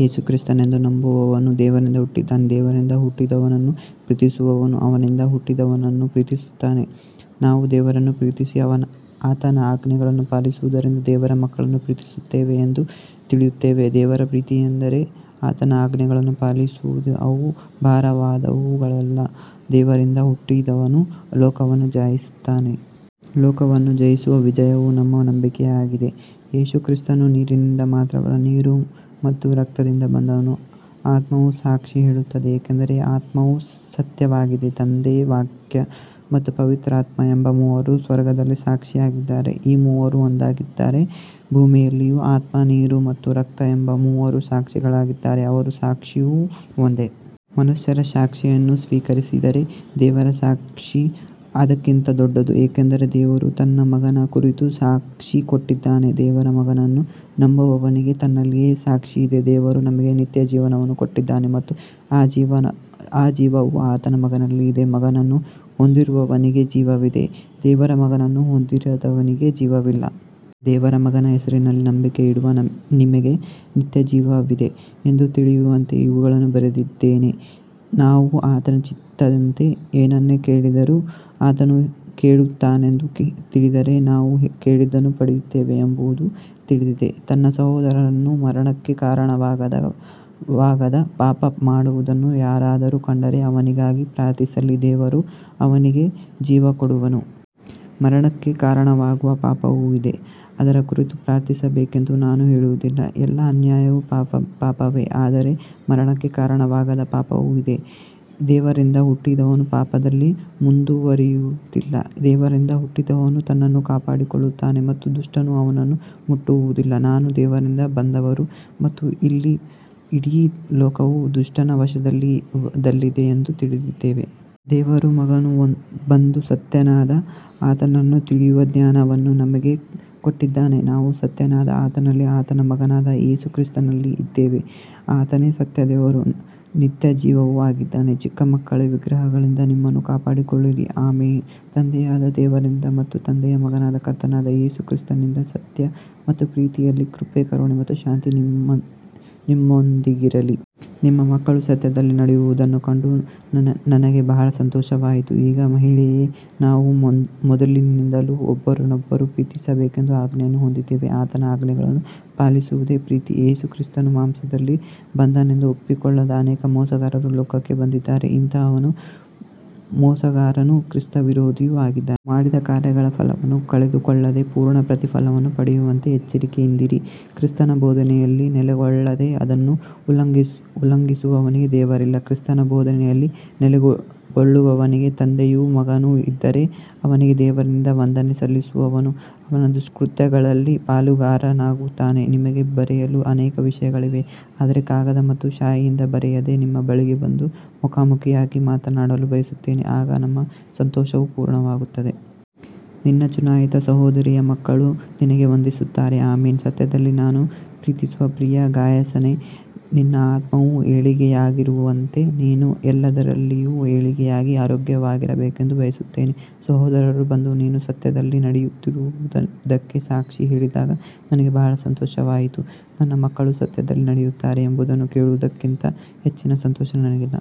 ಯೇಸು ಕ್ರಿಸ್ತನೆಂದು ನಂಬುವವನು ದೇವರಿಂದ ಹುಟ್ಟಿದ್ದಾನೆ. ದೇವರಿಂದ ಹುಟ್ಟಿದವನನ್ನು ಪ್ರೀತಿಸುವವನು ಅವನಿಂದ ಹುಟ್ಟಿದವನನ್ನೂ ಪ್ರೀತಿಸುತ್ತಾನೆ. ನಾವು ದೇವರನ್ನು ಪ್ರೀತಿಸಿ ಆತನ ಆಜ್ಞೆಗಳನ್ನು ಪಾಲಿಸುವುದರಿಂದ ದೇವರ ಮಕ್ಕಳನ್ನು ಪ್ರೀತಿಸುತ್ತೇವೆ ಎಂದು ತಿಳಿಯುತ್ತೇವೆ. ದೇವರ ಪ್ರೀತಿಯೆಂದರೆ ಆತನ ಆಜ್ಞೆಗಳನ್ನು ಪಾಲಿಸುವುದೇ, ಅವು ಭಾರವಾದವುಗಳಲ್ಲ. ದೇವರಿಂದ ಹುಟ್ಟಿದವನು ಲೋಕವನ್ನು ಜಯಿಸುತ್ತಾನೆ. ಲೋಕವನ್ನು ಜಯಿಸುವ ವಿಜಯವು ನಮ್ಮ ನಂಬಿಕೆಯಾಗಿದೆ. ಯೇಸು ಕ್ರಿಸ್ತನು ನೀರಿನಿಂದ ಮಾತ್ರವಲ್ಲ, ನೀರು ಮತ್ತು ರಕ್ತದಿಂದ ಬಂದನು. ಆತ್ಮವೂ ಸಾಕ್ಷಿ ಹೇಳುತ್ತದೆ, ಏಕೆಂದರೆ ಆತ್ಮವು ಸತ್ಯವಾಗಿದೆ. ತಂದೆ, ವಾಕ್ಯ ಮತ್ತು ಪವಿತ್ರಾತ್ಮ ಎಂಬ ಮೂವರು ಸ್ವರ್ಗದಲ್ಲಿ ಸಾಕ್ಷಿಯಾಗಿದ್ದಾರೆ, ಈ ಮೂವರು ಒಂದಾಗಿದ್ದಾರೆ. ಭೂಮಿಯಲ್ಲಿಯೂ ಆತ್ಮ, ನೀರು ಮತ್ತು ರಕ್ತ ಎಂಬ ಮೂವರು ಸಾಕ್ಷಿಗಳಿದ್ದಾರೆ, ಅವರ ಸಾಕ್ಷಿಯೂ ಒಂದೇ. ಮನುಷ್ಯರ ಸಾಕ್ಷಿಯನ್ನು ಸ್ವೀಕರಿಸಿದರೆ ದೇವರ ಸಾಕ್ಷಿ ಅದಕ್ಕಿಂತ ದೊಡ್ಡದು, ಏಕೆಂದರೆ ದೇವರು ತನ್ನ ಮಗನ ಕುರಿತು ಸಾಕ್ಷಿ ಕೊಟ್ಟಿದ್ದಾನೆ. ದೇವರ ಮಗನನ್ನು ನಂಬುವವನಿಗೆ ತನ್ನಲ್ಲಿಯೇ ಸಾಕ್ಷಿಯಿದೆ. ದೇವರು ನಮಗೆ ನಿತ್ಯಜೀವವನ್ನು ಕೊಟ್ಟಿದ್ದಾನೆ ಮತ್ತು ಆ ಜೀವವು ಆತನ ಮಗನಲ್ಲಿ ಇದೆ. ಮಗನನ್ನು ಹೊಂದಿರುವವನಿಗೆ ಜೀವವಿದೆ, ದೇವರ ಮಗನನ್ನು ಹೊಂದಿರದವನಿಗೆ ಜೀವವಿಲ್ಲ. ದೇವರ ಮಗನ ಹೆಸರಿನಲ್ಲಿ ನಂಬಿಕೆಯಿಡುವ ನಿಮಗೆ ನಿತ್ಯಜೀವವಿದೆ ಎಂದು ತಿಳಿಯುವಂತೆ ಇವುಗಳನ್ನು ಬರೆದಿದ್ದೇನೆ. ನಾವು ಆತನ ಚಿತ್ತದಂತೆ ಏನನ್ನೇ ಕೇಳಿದರೂ ಆತನು ಕೇಳುತ್ತಾನೆಂದು ತಿಳಿದರೆ, ನಾವು ಕೇಳಿದ್ದನ್ನು ಪಡೆಯುತ್ತೇವೆ ಎಂಬುದೂ ತಿಳಿದಿದೆ. ತನ್ನ ಸಹೋದರನು ಮರಣಕ್ಕೆ ಕಾರಣವಾಗದ ಪಾಪ ಮಾಡುವುದನ್ನು ಯಾರಾದರೂ ಕಂಡರೆ ಅವನಿಗಾಗಿ ಪ್ರಾರ್ಥಿಸಲಿ, ದೇವರು ಅವನಿಗೆ ಜೀವ ಕೊಡುವನು. ಮರಣಕ್ಕೆ ಕಾರಣವಾಗುವ ಪಾಪವೂ ಇದೆ, ಅದರ ಕುರಿತು ಪ್ರಾರ್ಥಿಸಬೇಕೆಂದು ನಾನು ಹೇಳುವುದಿಲ್ಲ. ಎಲ್ಲಾ ಅನ್ಯಾಯವೂ ಪಾಪವೇ, ಆದರೆ ಮರಣಕ್ಕೆ ಕಾರಣವಾಗದ ಪಾಪವೂ ಇದೆ. ದೇವರಿಂದ ಹುಟ್ಟಿದವನು ಪಾಪದಲ್ಲಿ ಮುಂದುವರಿಯುವುದಿಲ್ಲ, ದೇವರಿಂದ ಹುಟ್ಟಿದವನು ತನ್ನನ್ನು ಕಾಪಾಡಿಕೊಳ್ಳುತ್ತಾನೆ ಮತ್ತು ದುಷ್ಟನು ಅವನನ್ನು ಮುಟ್ಟುವುದಿಲ್ಲ. ನಾವು ದೇವರಿಂದ ಬಂದವರು ಮತ್ತು ಇಡೀ ಲೋಕವು ದುಷ್ಟನ ವಶದಲ್ಲಿದೆ ಎಂದು ತಿಳಿದಿದ್ದೇವೆ. ದೇವರ ಮಗನು ಬಂದು ಸತ್ಯನಾದ ಆತನನ್ನು ತಿಳಿಯುವ ಜ್ಞಾನವನ್ನು ನಮಗೆ ಕೊಟ್ಟಿದ್ದಾನೆ. ನಾವು ಸತ್ಯನಾದ ಆತನಲ್ಲಿ, ಆತನ ಮಗನಾದ ಯೇಸು ಕ್ರಿಸ್ತನಲ್ಲಿ ಇದ್ದೇವೆ. ಆತನೇ ಸತ್ಯ ದೇವರೂ ನಿತ್ಯಜೀವವೂ ಆಗಿದ್ದಾನೆ. ಚಿಕ್ಕ ಮಕ್ಕಳೇ, ವಿಗ್ರಹಗಳಿಂದ ನಿಮ್ಮನ್ನು ಕಾಪಾಡಿಕೊಳ್ಳಿರಿ. ಆಮೆನ್. ತಂದೆಯಾದ ದೇವರಿಂದ ಮತ್ತು ತಂದೆಯ ಮಗನಾದ ಕರ್ತನಾದ ಯೇಸು ಕ್ರಿಸ್ತನಿಂದ ಸತ್ಯ ಮತ್ತು ಪ್ರೀತಿಯಲ್ಲಿ ಕೃಪೆ, ಕರುಣೆ ಮತ್ತು ಶಾಂತಿ ನಿಮ್ಮೊಂದಿಗಿರಲಿ. ನಿಮ್ಮ ಮಕ್ಕಳು ಸತ್ಯದಲ್ಲಿ ನಡೆಯುವುದನ್ನು ಕಂಡು ನನಗೆ ಬಹಳ ಸಂತೋಷವಾಯಿತು. ಈಗ ಮಹಿಳೆಯೇ, ನಾವು ಮೊದಲಿನಿಂದಲೂ ಒಬ್ಬರನ್ನೊಬ್ಬರು ಪ್ರೀತಿಸಬೇಕೆಂಬ ಆಜ್ಞೆಯನ್ನು ಹೊಂದಿದ್ದೇವೆ. ಆತನ ಆಜ್ಞೆಗಳನ್ನು ಪಾಲಿಸುವುದೇ ಪ್ರೀತಿ. ಯೇಸು ಕ್ರಿಸ್ತನು ಮಾಂಸದಲ್ಲಿ ಬಂದನೆಂದು ಒಪ್ಪಿಕೊಳ್ಳದ ಅನೇಕ ಮೋಸಗಾರರು ಲೋಕಕ್ಕೆ ಬಂದಿದ್ದಾರೆ. ಇಂಥವನು ಮೋಸಗಾರನೂ ಕ್ರಿಸ್ತವಿರೋಧಿಯೂ ಆಗಿದ್ದಾನೆ. ನಾವು ಮಾಡಿದ ಕಾರ್ಯಗಳ ಫಲವನ್ನು ಕಳೆದುಕೊಳ್ಳದೆ ಪೂರ್ಣ ಪ್ರತಿಫಲವನ್ನು ಪಡೆಯುವಂತೆ ಎಚ್ಚರಿಕೆಯಿಂದಿರಿ. ಕ್ರಿಸ್ತನ ಬೋಧನೆಯಲ್ಲಿ ನೆಲೆಗೊಳ್ಳದೆ ಅದನ್ನು ಉಲ್ಲಂಘಿಸುವವನಿಗೆ ದೇವರಿಲ್ಲ. ಕ್ರಿಸ್ತನ ಬೋಧನೆಯಲ್ಲಿ ನೆಲೆಗೊಳ್ಳುವವನಿಗೆ ತಂದೆಯೂ ಮಗನೂ ಇದ್ದಾರೆ. ಅವನಿಗೆ ದೇವರಿಂದ ವಂದನೆ ಸಲ್ಲಿಸುವವನು ಅವನ ದುಷ್ಕೃತ್ಯಗಳಲ್ಲಿ ಪಾಲುಗಾರನಾಗುತ್ತಾನೆ. ನಿಮಗೆ ಬರೆಯಲು ಅನೇಕ ವಿಷಯಗಳಿವೆ, ಆದರೆ ಕಾಗದ ಮತ್ತು ಶಾಯಿಯಿಂದ ಬರೆಯದೆ ನಿಮ್ಮ ಬಳಿಗೆ ಬಂದು ಮುಖಾಮುಖಿಯಾಗಿ ಮಾತನಾಡಲು ಬಯಸುತ್ತೇನೆ, ಆಗ ನಮ್ಮ ಸಂತೋಷವು ಪೂರ್ಣವಾಗುತ್ತದೆ. ನಿನ್ನ ಚುನಾಯಿತ ಸಹೋದರಿಯ ಮಕ್ಕಳು ನಿನಗೆ ವಂದಿಸುತ್ತಾರೆ. ಆಮೆನ್. ಸತ್ಯದಲ್ಲಿ ನಾನು ಪ್ರೀತಿಸುವ ಪ್ರಿಯ ಗಾಯಸನೇ, ನಿನ್ನ ಆತ್ಮವು ಏಳಿಗೆಯಾಗಿರುವಂತೆ ನೀನು ಎಲ್ಲದರಲ್ಲಿಯೂ ಏಳಿಗೆಯಾಗಿ ಆರೋಗ್ಯವಾಗಿರಬೇಕೆಂದು ಬಯಸುತ್ತೇನೆ. ಸಹೋದರರು ಬಂದು ನೀನು ಸತ್ಯದಲ್ಲಿ ನಡೆಯುತ್ತಿರುವುದಕ್ಕೆ ಸಾಕ್ಷಿ ಹೇಳಿದಾಗ ನನಗೆ ಬಹಳ ಸಂತೋಷವಾಯಿತು. ನನ್ನ ಮಕ್ಕಳು ಸತ್ಯದಲ್ಲಿ ನಡೆಯುತ್ತಾರೆ ಎಂಬುದನ್ನು ಕೇಳುವುದಕ್ಕಿಂತ ಹೆಚ್ಚಿನ ಸಂತೋಷ ನನಗಿಲ್ಲ.